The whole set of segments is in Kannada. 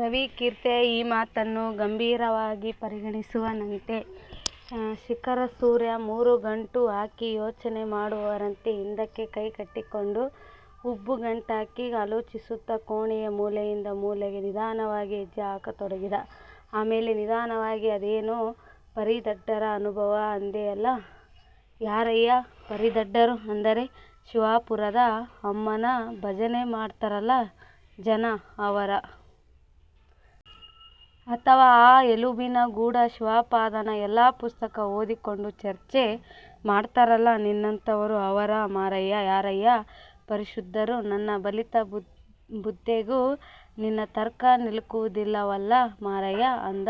ರವಿಕೀರ್ತಿಯ ಈ ಮಾತನ್ನ ಗಂಭೀರವಾಗಿ ಪರಿಗಣಿಸಿದವನಂತೆ ಶಿಖರಸೂರ್ಯ ಮುಖ ಗಂಟು ಹಾಕಿ ಯೋಚನೆ ಮಾಡುವವರಂತೆ ಹಿಂದಕ್ಕೆ ಕೈ ಕಟ್ಟಿಕೊಂಡು, ಹುಬ್ಬುಗಂಟಿಕ್ಕಿ ಆಲೋಚಿಸುತ್ತ, ಕೋಣೆಯ ಮೂಲೆಯಿಂದ ಮೂಲೆಗೆ ನಿಧಾನವಾಗಿ ಹೆಜ್ಜೆಹಾಕತೊಡಗಿದ. ಆಮೇಳೆ ನಿಧಾನವಾಗಿ "ಅದೇನೋ ಪರಿಧಡ್ಡರ ಅನುಭವ ಅಂದೆಯಲ್ಲ? ಯಾರಯ್ಯ ಪರಿಧಡ್ಡರು ಅಂದರೆ? ಶಿವಾಪುರದ ಅಮ್ಮನ ಭಜನೆ ಮಾಡ್ತಾರಲ್ಲ ಜನ, ಅವರ? ಅಥವಾ ಆ ಎಲುಬಿನ ಗೂಡು ಶಿವಪಾದನ? ಇಲ್ಲಾ ಪುಸ್ತಕ ಓದಿಕೊಂಡು ಚರ್ಚೆ ಮಾಡ್ತಾರಲ್ಲ ನಿನ್ನಂಥವರು, ಅವರ? ಯಾರಯ್ಯಾ ಪರಿಶುದ್ಧರು? ನನ್ನ ಬಲಿತ ಬುದ್ಧೆಗೂ ನಿನ್ನ ತರ್ಕ ನಿಲುಕುವುದಿಲ್ಲವಲ್ಲ ಮಾರಾಯಾ". ಅಂದ.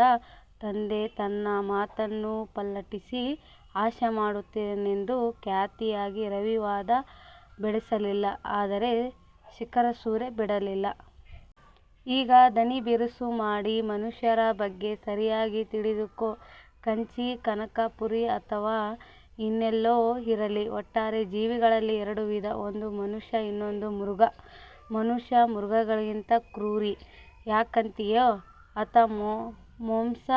ತಂದೆ ತನ್ನ ಮಾತನ್ನ ಪಲ್ಲಟಿಸಿ ಹಾಸ್ಯ ಮಾಡುತ್ತಿದ್ದಾನೆಂದು ಖಾತ್ರಿಯಾಗಿ ರವಿ ವಾದ ಬೆಳೆಸಲಿಲ್ಲ. ಆದರೆ ಶಿಖರಸೂರ್ಯ ಬಿಡಲಿಲ್ಲ. ಈಗ ದನಿ ಬಿರುಸು ಮಾಡಿ, "ಮನುಷ್ಯರ ಬಗ್ಗೆ ಸರಿಯಾಗಿ ತಿಳಿದುಕೊ. ಕಂಚಿ ಕನಕಪುರಿ ಅಥವಾ ಇನ್ನೆಲ್ಲೋ ಇರಲಿ ಒಟ್ಟಾರೆ ಜೀವಿಗಳಲ್ಲಿ ಎರಡು ವಿಧ: ಒಂದು ಮನುಷ್ಯ, ಇನ್ನೊಂದು ಮೃಗ. ಮನುಷ್ಯ ಮೃಗಗಳಿಗಿಂಗ ಕ್ರೂರಿ. ಯಾಕಂತೀಯೊ? ಆತ ಮೋಸ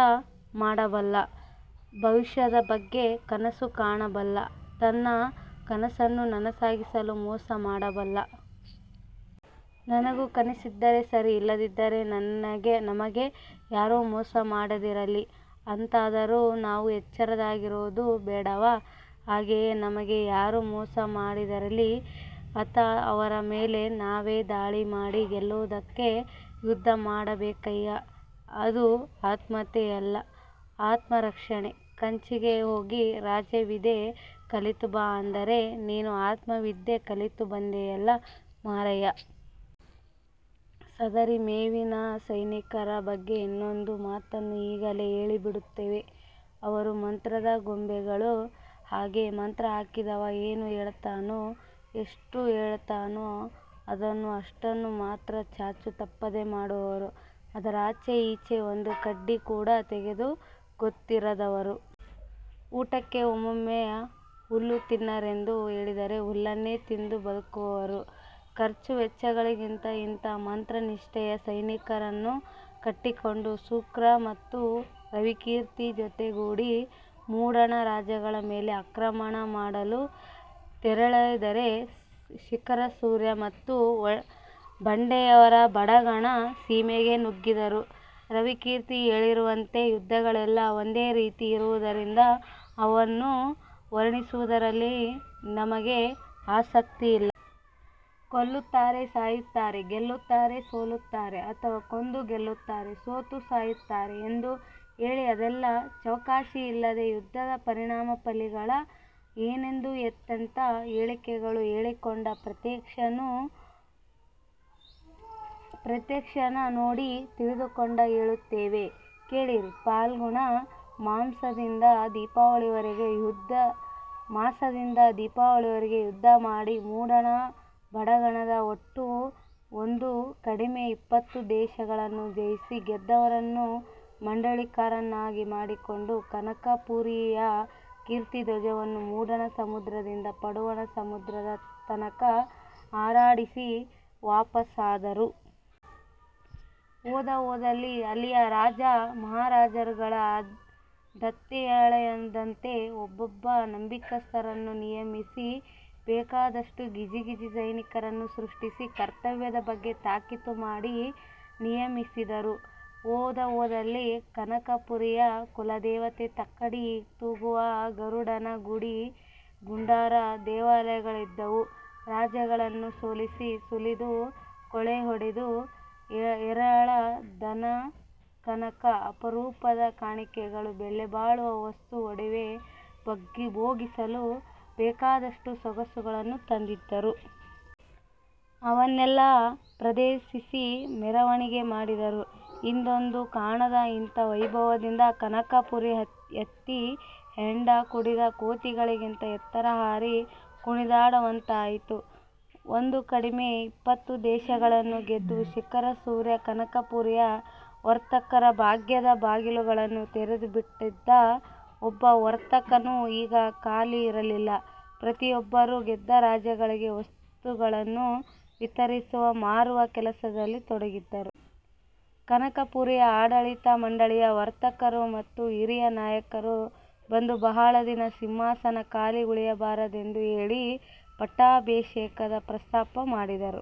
ಮಾಡಬಲ್ಲ; ಭವಿಷ್ಯದ ಬಗ್ಗೆ ಕನಸು ಕಾಣಬಲ್ಲ. ತನ್ನ ಕನಸನ್ನ ನನಸಾಗಿಸಲು ಮೋಸ ಮಾಡಬಲ್ಲ. ನನಗೂ ಕನಸಿದ್ದರೆ ಸರಿ. ಇಲ್ಲದಿದ್ದಲ್ಲಿ ನಮಗೆ ಯಾರೂ ಮೋಸ ಮಾಡದಿರಲಿ ಅಂತಾದರೂ ನಾವು ಎಚ್ಚರವಾಗಿರೋದು ಬ್ಯಾಡವಾ? ಹಾಗೆಯೇ ನಮಗೆ ಯಾರೂ ಮೋಸ ಮಾಡದಿರಲಿ ಅಂತ ಅವರ ಮೇಲೆ ನಾವೇ ದಾಳಿ ಮಾಡಿ ಗೆಲ್ಲೋದಕ್ಕೆ ಯುದ್ಧ ಮಾಡಬೇಕಯ್ಯಾ. ಅದು ಆತ್ಮಹತ್ಯೆಯಲ್ಲ, ಆತ್ಮರಕ್ಷಣೆ. ಕಂಚಿಗೆ ಹೋಗಿ ರಾಜವಿದ್ಯೆ ಕಲಿತು ಬಾ ಅಂದರೆ ನೀನು ಆತ್ಮವಿದ್ಯೆ ಕಲಿತು ಬಂದೆಯಲ್ಲಾ ಮಾರಾಯಾ! " ಸದರಿ ಮೇವಿನ ಸೈನಿಕರ ಬಗ್ಗೆ ಇನ್ನೊಂದು ಮಾತನ್ನು ಈಗಲೇ ಹೇಳಿ ಬಿಡುತ್ತೇವೆ: ಅವರು ಮಂತ್ರದ ಗೊಂಬೆಗಳ ಹಾಗೆ. ಮಂತ್ರ ಹಾಕಿದವ ಏನು ಹೇಳುತ್ತಾನೋ, ಎಷ್ಟು ಹೇಳುತ್ತಾನೋ ಅದನ್ನು, ಅಷ್ಟನ್ನು ಮಾತ್ರ ಚಾಚೂ ತಪ್ಪದೆ ಮಾಡುವವರು. ಅದರಾಚಿ ಈಚೆ ಒಂದಿ ಕಡ್ಡಿ ಕೂಡ ತೆಗೆದು ಗೊತ್ತಿರದವರು. ಊಟಕ್ಕೆ ಒಮ್ಮೊಮ್ಮೆ ಹುಲ್ಲು ತಿನ್ನಿರೆಂದು ಹೇಳಿದರೆ ಹುಲ್ಲನ್ನೇ ತಿಂದು ಬದುಕುವವರು. ಖರ್ಚು ವೆಚ್ಚಗಳಿಲ್ಲದ ಇಂಥ ಮಂತ್ರನಿಷ್ಠೆಯ ಸೈನಿಕರನ್ನು ಕಟ್ಟಿಕೊಂಡು ಸುಕ್ರ ಮತ್ತು ರವಿಕೀರ್ತಿ ಜೊತೆಗೂಡಿ ಮೂಡನ ರಾಜ್ಯಗಳ ಮೇಲೆ ಆಕ್ರಮಣ ಮಾಡಲು ತೆರಳಿದರೆ ಶಿಖರಸೂರ್ಯ ಮತ್ತು ಬಂಡೆಯರು ಬಡಗಣ ಸೀಮೆಗೆ ನುಗ್ಗಿದರು. ರವಿಕೀರ್ತಿ ಹೇಳಿರುವಂತೆ ಯುದ್ಧಗಳೆಲ್ಲಾ ಒಂದೇ ರೀತಿ ಇರುವುದರಿಂದ ಅವನ್ನು ವರ್ಣಿಸುವುದರಲ್ಲಿ ನಮಗೆ ಆಸಕ್ತಿಯಿಲ್ಲ. ಕೊಲ್ಲುತ್ತಾರೆ, ಸಾಯುತ್ತಾರೆ, ಗೆಲ್ಲುತ್ತಾರೆ. ಸೋಲುತ್ತಾರೆ. ಅಥವಾ ಕೊಂದು ಗೆಲ್ಲುತ್ತಾರೆ, ಸೋತು ಸಾಯುತ್ತಾರೆ, ಎಂದು ಹೇಳಿ ಅದೆಲ್ಲಾ ಚೌಕಾಶಿಯಿಲ್ಲದೆ ಯುದ್ಧದ ಪರಿಣಾಮ ಫಲಿಗಳು ಏನೆಂದು, ಎಂತೆಂದು ಹೇಳಿಕೆಗಳ ಕೇಳಿಕೊಂಡು, ಪ್ರತ್ಯಕ್ಷಕ ನೋಡಿ ತಿಳಿದುಕೊಂಡು ಹೇಳುತ್ತೇವೆ, ಕೇಳಿರಿ:ಫಾಲ್ಗುಣ ಮಾಸದಿಂದ ದೀಪಾವಳಿಯವರೆಗೆ ಯುದ್ಧಮಾಡಿ ಮೂಡಣ ಬಡಗಣದ ಒಟ್ಟು ಒಂದು ಕಡಿಮೆ ಇಪ್ಪತ್ತು ದೇಶಗಳನ್ನೂ ಜಯಿಸಿ, ಗೆದ್ದವರನ್ನ ಮಾಂಡಳಿಕರನ್ನಾಗಿ ಮಾಡಿಕೊಂಡು, ಕನಕಪುರಿಯ ಕೀರ್ತಿ ಧ್ವಜವನ್ನು ಮೂಡಣ ಸಮುದ್ರದಿಂದ ಪಡುವಣ ಸಮುದ್ರದ ತನಕ ಹಾರಾಡಿಸಿ ವಾಪಸಾದರು. ಹೋದಹೋದಲ್ಲಿ ಅಲ್ಲಿಯ ರಾಜ ಮಹಾರಾಜರುಗಳು ದಂತೆಯೇಳದಂತೆ ಒಬ್ಬೊಬ್ಬ ನಂಬಿಕಸ್ಥರನ್ನ ನಿಯಮಿಸಿ ಬೇಕಾದಷ್ಟು ಗಿಜಿ ಗಿಜಿ ಸೈನಿಕರನ್ನು ಸೃಷ್ಟಿಸಿ, ಕರ್ತವ್ಯದ ಬಗ್ಗೆ ತಾಕೀತು ಮಾಡಿ ನಿಯಮಿಸಿದರು. ಹೋದಹೋದಲ್ಲಿ ಕನಕಪುರಿಯ ಕುಲದೇವತೆ ತಕ್ಕಡಿ ತೂಗುವ ಗರುಡನ ಗುಡಿ ಗುಂಡಾರ ದೇವಾಲಯಗಳೆದ್ದವು. ರಾಜ್ಯಗಳನ್ನು ಸೋಲಿಸಿ, ಸುಲಿದು, ಕೊಳ್ಳೆ ಹೊಡೆದು, ಹೇರಳ ಧನಕನಕ, ಅಪರೂಪದ ಕಾಣಿಕೆಗಳು ಬೆಲೆಬಾಳುವ ವಸ್ತು ಒಡವೆ, ಭೋಗಿಸಲು ಬೇಕಾದಷ್ಟು ಸೊಗಸುಗಳನ್ನು ತಂದಿದ್ದರು. ಅವನ್ನೆಲ್ಲ ಪ್ರದರ್ಶಿಸಿ ಮೆರವಣಿಗೆ ಮಾಡಿದರು. ಹಿಂದೆಂದೂ ಕಾಣದ ಇಂಥ ವೈಭವದಿಂದ ಕನಕಪುರಿ ಹತ್ತಿ ಹೆಂಡ ಕುಡಿದ ಕೋತಿಗಿಂತ ಎತ್ತರ ಹಾರಿ ಕುಣಿದಾಡವಂತಾಯಿತು. ಒಂದು ಕಡಿಮೆ ಇಪ್ಪತ್ತು ದೇಶಗಳನ್ನು ಗೆದ್ದು ಶಿಖರಸೂರ್ಯ ಕನಕಪುರಿಯ ವರ್ತಕರ ಭಾಗ್ಯದ ಬಾಗಿಲುಗಳನ್ನು ತೆರೆದುಬಿಟ್ಟಿದ್ದ. ಒಬ್ಬ ವರ್ತಕನೂ ಈಗ ಖಾಲಿ ಇರಲಿಲ್ಲ. ಪ್ರತಿಯೊಬ್ಬರೂ ಗೆದ್ದ ರಾಜ್ಯಗಳಿಗೆ ವಸ್ತುಗಳನ್ನು ವಿತರಿಸುವ, ಮಾರುವ ಕೆಲಸದಲ್ಲಿ ತೊಡಗಿದ್ದರು. ಕನಕಪುರಿಯ ಆಡಳಿತ ಮಂಡಳಿಯ ವರ್ತಕರು ಮತ್ತು ಹಿರಿಯ ನಾಯಕರು ಬಂದು ಬಹಳ ದಿನ ಸಿಂಹಾಸನ ಖಾಲಿ ಉಳಿಯಬಾರದೆಂದು ಹೇಳಿ ಪಟ್ಟಾಭಿಷೇಕದ ಪ್ರಸ್ತಾಪ ಮಾಡಿದರು.